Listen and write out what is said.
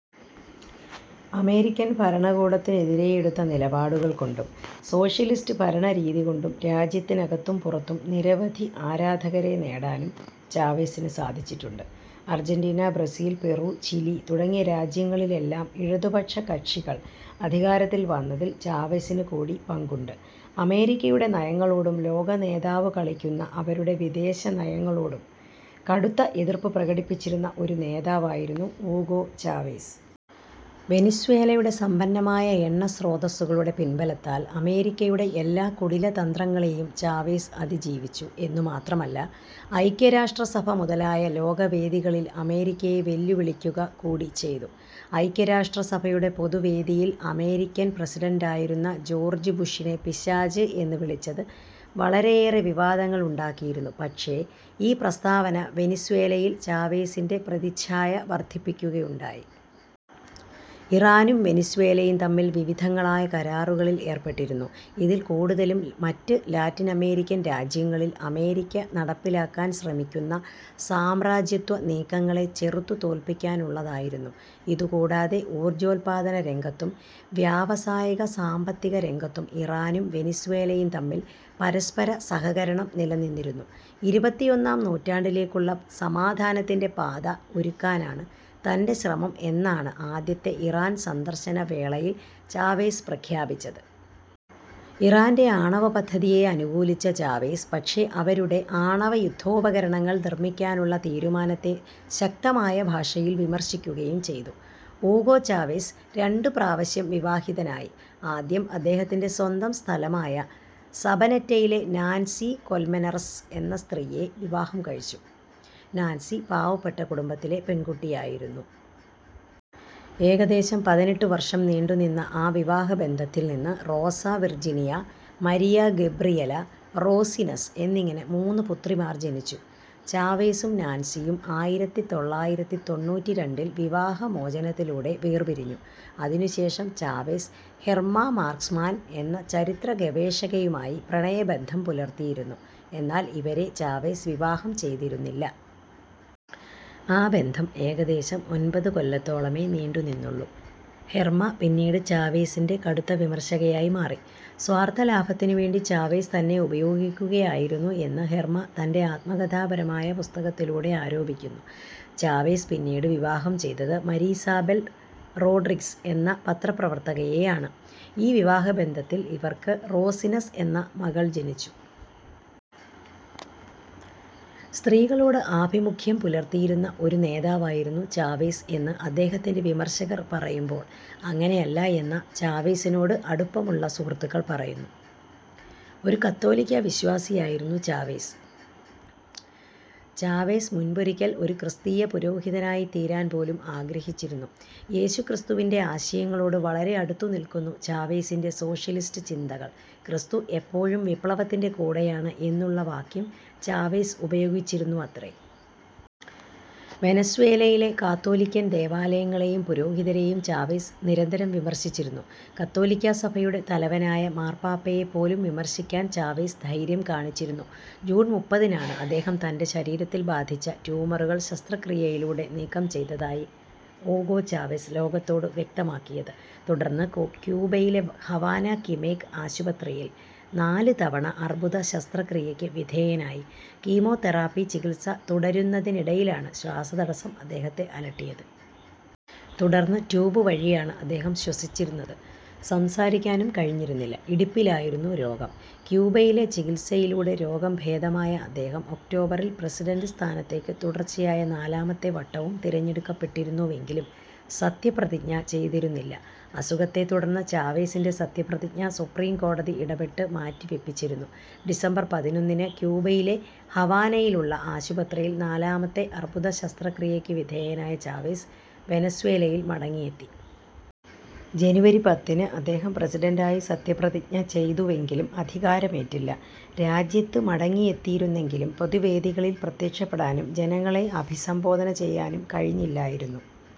American ഭരണകൂടത്തിനെതിരേയെടുത്ത നിലപാടുകൾ കൊണ്ടും സോഷ്യലിസ്റ്റ് ഭരണരീതി കൊണ്ടും രാജ്യത്തിനകത്തും പുറത്തും നിരവധി ആരാധകരെ നേടാനും ചാവെസിന് സാധിച്ചിട്ടുണ്ട്. അർജന്റീന, ബ്രസീൽ, പെറു, ചിലി തുടങ്ങിയ രാജ്യങ്ങളിൽ എല്ലാം ഇടതുപക്ഷ കക്ഷികൾ അധികാരത്തിൽ വന്നതിൽ ചാവെസിന് കൂടി പങ്കുണ്ട്. അമേരിക്കയുടെ നയങ്ങളോടും, ലോക നേതാവ് കളിക്കുന്ന അവരുടെ വിദേശനയങ്ങളോടും കടുത്ത എതിർപ്പു പ്രകടിപ്പിച്ചിരുന്ന ഒരു നേതാവായിരുന്നു ഊഗോ ചാവേസ്. വെനിസ്വേലയുടെ സമ്പന്നമായ എണ്ണ സ്രോതസ്സുകളുടെ പിൻബലത്താൽ അമേരിക്കയുടെ എല്ലാ കുടിലതന്ത്രങ്ങളെയും ചാവേസ് അതിജീവിച്ചു എന്നുമാത്രമല്ല ഐക്യരാഷ്ട്രസഭ മുതലായ ലോകവേദികളിൽ അമേരിക്കയെ വെല്ലുവിളിക്കുക കൂടി ചെയ്തു. ഐക്യരാഷ്ട്രസഭയുടെ പൊതു വേദിയിൽ അമേരിക്കൻ പ്രസിഡന്റായിരുന്ന ജോർജ്ജ്ബുഷിനെ പിശാച് എന്ന് വിളിച്ചത് വളരെയേറെ വിവാദങ്ങൾ ഉണ്ടാക്കിയിരുന്നു. പക്ഷേ ഈ പ്രസ്താവന വെനിസ്വേലയിൽ ചാവേസിൻ്റെ പ്രതിച്ഛായ വർദ്ധിപ്പിക്കുകയുണ്ടായി. ഇറാനും വെനിസ്വേലയും തമ്മിൽ വിവിധങ്ങളായ കരാറുകളിൽ ഏർപ്പെട്ടിരുന്നു. ഇതിൽ കൂടുതലും മറ്റ് ലാറ്റിനമേരിക്കൻ രാജ്യങ്ങളിൽ അമേരിക്ക നടപ്പിലാക്കാൻ ശ്രമിക്കുന്ന സാമ്രാജ്യത്വ നീക്കങ്ങളെ ചെറുത്തു തോൽപ്പിക്കാനുള്ളതായിരുന്നു. ഇതു കൂടാതെ ഊർജ്ജോത്പാദന രംഗത്തും, വ്യാവസായിക, സാമ്പത്തിക രംഗത്തും ഇറാനും വെനിസ്വേലയും തമ്മിൽ പരസ്പര സഹകരണം നിലനിന്നിരുന്നു. ഇരുപത്തിയൊന്നാം നൂറ്റാണ്ടിലേക്കുള്ള സമാധാനത്തിൻ്റെ പാത ഒരുക്കാനാണ് തൻ്റെ ശ്രമം എന്നാണ് ആദ്യത്തെ ഇറാൻ സന്ദർശന വേളയിൽ ചാവേസ് പ്രഖ്യാപിച്ചത്. ഇറാൻ്റെ ആണവപദ്ധതിയെ അനുകൂലിച്ച ചാവേസ് പക്ഷേ അവരുടെ ആണവയുദ്ധോപകരണങ്ങൾ നിർമ്മിക്കാനുള്ള തീരുമാനത്തെ ശക്തമായ ഭാഷയിൽ വിമർശിക്കുകയും ചെയ്തു. ഊഗോ ചാവെസ് രണ്ട് പ്രാവശ്യം വിവാഹിതനായി. ആദ്യം അദ്ദേഹത്തിൻ്റെ സ്വന്തം സ്ഥലമായ സബനെറ്റയിലെ നാൻസി കൊൽമെനർസ് എന്ന സ്ത്രീയെ വിവാഹം കഴിച്ചു. നാൻസി പാവപ്പെട്ട കുടുംബത്തിലെ പെൺകുട്ടിയായിരുന്നു. ഏകദേശം പതിനെട്ട് വർഷം നീണ്ടുനിന്ന ആ വിവാഹബന്ധത്തിൽ നിന്ന് Rosa Virginia, Maria Gabriela, Rosines എന്നിങ്ങനെ മൂന്ന് പുത്രിമാർ ജനിച്ചു. ചാവേസും നാൻസിയും ആയിരത്തി തൊള്ളായിരത്തി തൊണ്ണൂറ്റിരണ്ടിൽ വിവാഹമോചനത്തിലൂടെ വേർപിരിഞ്ഞു. അതിനുശേഷം ചാവെസ് ഹെർമ മാർക്സ്മാൻ എന്ന ചരിത്ര ഗവേഷകയുമായി പ്രണയബന്ധം പുലർത്തിയിരുന്നു, എന്നാൽ ഇവരെ ചാവേസ് വിവാഹം ചെയ്തിരുന്നില്ല. ആ ബന്ധം ഏകദേശം ഒൻപത് കൊല്ലത്തോളമേ നീണ്ടു നിന്നുള്ളു. ഹെർമ പിന്നീട് ചാവേസിൻ്റെ കടുത്ത വിമർശകയായി മാറി, സ്വാർത്ഥലാഭത്തിനുവേണ്ടി ചാവേസ് തന്നെ ഉപയോഗിക്കുകയായിരുന്നു എന്ന് ഹെർമ തൻ്റെ ആത്മകഥാപരമായ പുസ്തകത്തിലൂടെ ആരോപിക്കുന്നു. ചാവേസ് പിന്നീട് വിവാഹം ചെയ്തത് മരിസാബെൽ റോഡ്രിഗ്സ് എന്ന പത്രപ്രവർത്തകയെയാണ്. ഈ വിവാഹബന്ധത്തിൽ ഇവർക്ക് റോസിനസ് എന്ന മകൾ ജനിച്ചു. സ്ത്രീകളോട് ആഭിമുഖ്യം പുലർത്തിയിരുന്ന ഒരു നേതാവായിരുന്നു ചാവേസ് എന്ന് അദ്ദേഹത്തിൻ്റെ വിമർശകർ പറയുമ്പോൾ, അങ്ങനെയല്ല എന്ന ചാവേസിനോട് അടുപ്പമുള്ള സുഹൃത്തുക്കൾ പറയുന്നു. ഒരു കത്തോലിക്കാ വിശ്വാസിയായിരുന്നു ചാവേസ്. ചാവേസ് മുൻപൊരിക്കൽ ഒരു ക്രിസ്തീയപുരോഹിതനായിത്തീരാൻ പോലും ആഗ്രഹിച്ചിരുന്നു. യേശു ക്രിസ്തുവിൻ്റെ ആശയങ്ങളോട് വളരെ അടുത്തുനിൽക്കുന്നു ചാവേസിൻ്റെ സോഷ്യലിസ്റ്റ് ചിന്തകൾ, ക്രിസ്തു എപ്പോഴും വിപ്ലവത്തിൻ്റെ കൂടെയാണ് എന്നുള്ള വാക്യം ചാവേസ് ഉപയോഗിച്ചിരുന്നുവത്രെ. വെനസ്വേലയിലെ കാത്തോലിക്കൻ ദേവാലയങ്ങളേയും പുരോഹിതരേയും ചാവേസ് നിരന്തരം വിമർശിച്ചിരുന്നു. കത്തോലിക്കാ സഭയുടെ തലവനായ മാർപാപ്പയേപ്പോലും വിമർശിക്കാൻ ചാവേസ് ധൈര്യം കാണിച്ചിരുന്നു. ജൂൺ മുപ്പതിനാണ് അദ്ദേഹം തൻ്റെ ശരീരത്തിൽ ബാധിച്ച ട്യൂമറുകൾ ശസ്ത്രക്രിയയിലൂടെ നീക്കം ചെയ്തതായി ഊഗോ ചാവെസ് ലോകത്തോട് വ്യക്തമാക്കിയത്. തുടർന്ന് കുക്യൂബയിലെ ഹവാന കിമേക് ആശുപത്രിയിൽ നാല് തവണ അർബുദ ശസ്ത്രക്രിയയ്ക്ക് വിധേയനായി, കീമോതെറാപ്പി ചികിത്സ തുടരുന്നതിനിടയിലാണ് ശ്വാസതടസ്സം അദ്ദേഹത്തെ അലട്ടിയത്. തുടർന്ന് ട്യൂബ് വഴിയാണ് അദ്ദേഹം ശ്വസിച്ചിരുന്നത്. സംസാരിക്കാനും കഴിഞ്ഞിരുന്നില്ല. ഇടുപ്പിലായിരുന്നു രോഗം. ക്യൂബയിലെ ചികിത്സയിലൂടെ രോഗം ഭേദമായ അദ്ദേഹം ഒക്ടോബറിൽ പ്രസിഡൻ്റ് സ്ഥാനത്തേക്ക് തുടർച്ചയായ നാലാമത്തെ വട്ടവും തിരഞ്ഞെടുക്കപ്പെട്ടിരുന്നുവെങ്കിലും സത്യപ്രതിജ്ഞ ചെയ്തിരുന്നില്ല. അസുഖത്തെ തുടർന്ന് ചാവെസിൻ്റെ സത്യപ്രതിജ്ഞ സുപ്രീം കോടതി ഇടപെട്ട് മാറ്റിവെപ്പിച്ചിരുന്നു. ഡിസംബർ പതിനൊന്നിന് ക്യൂബയിലെ ഹവാനയിലുള്ള ആശുപത്രിയിൽ നാലാമത്തെ അർബുദ ശസ്ത്രക്രിയക്ക് വിധേയനായ ചാവെസ് വെനസ്വേലയിൽ മടങ്ങിയെത്തി. ജനുവരി പത്തിന് അദ്ദേഹം പ്രസിഡന്റായി സത്യപ്രതിജ്ഞ ചെയ്തുവെങ്കിലും അധികാരമേറ്റില്ല. രാജ്യത്ത് മടങ്ങിയെത്തിയിരുന്നെങ്കിലും പൊതുവേദികളിൽ പ്രത്യക്ഷപ്പെടാനും, ജനങ്ങളെ അഭിസംബോധനചെയ്യാനും കഴിഞ്ഞില്ലായിരുന്നു.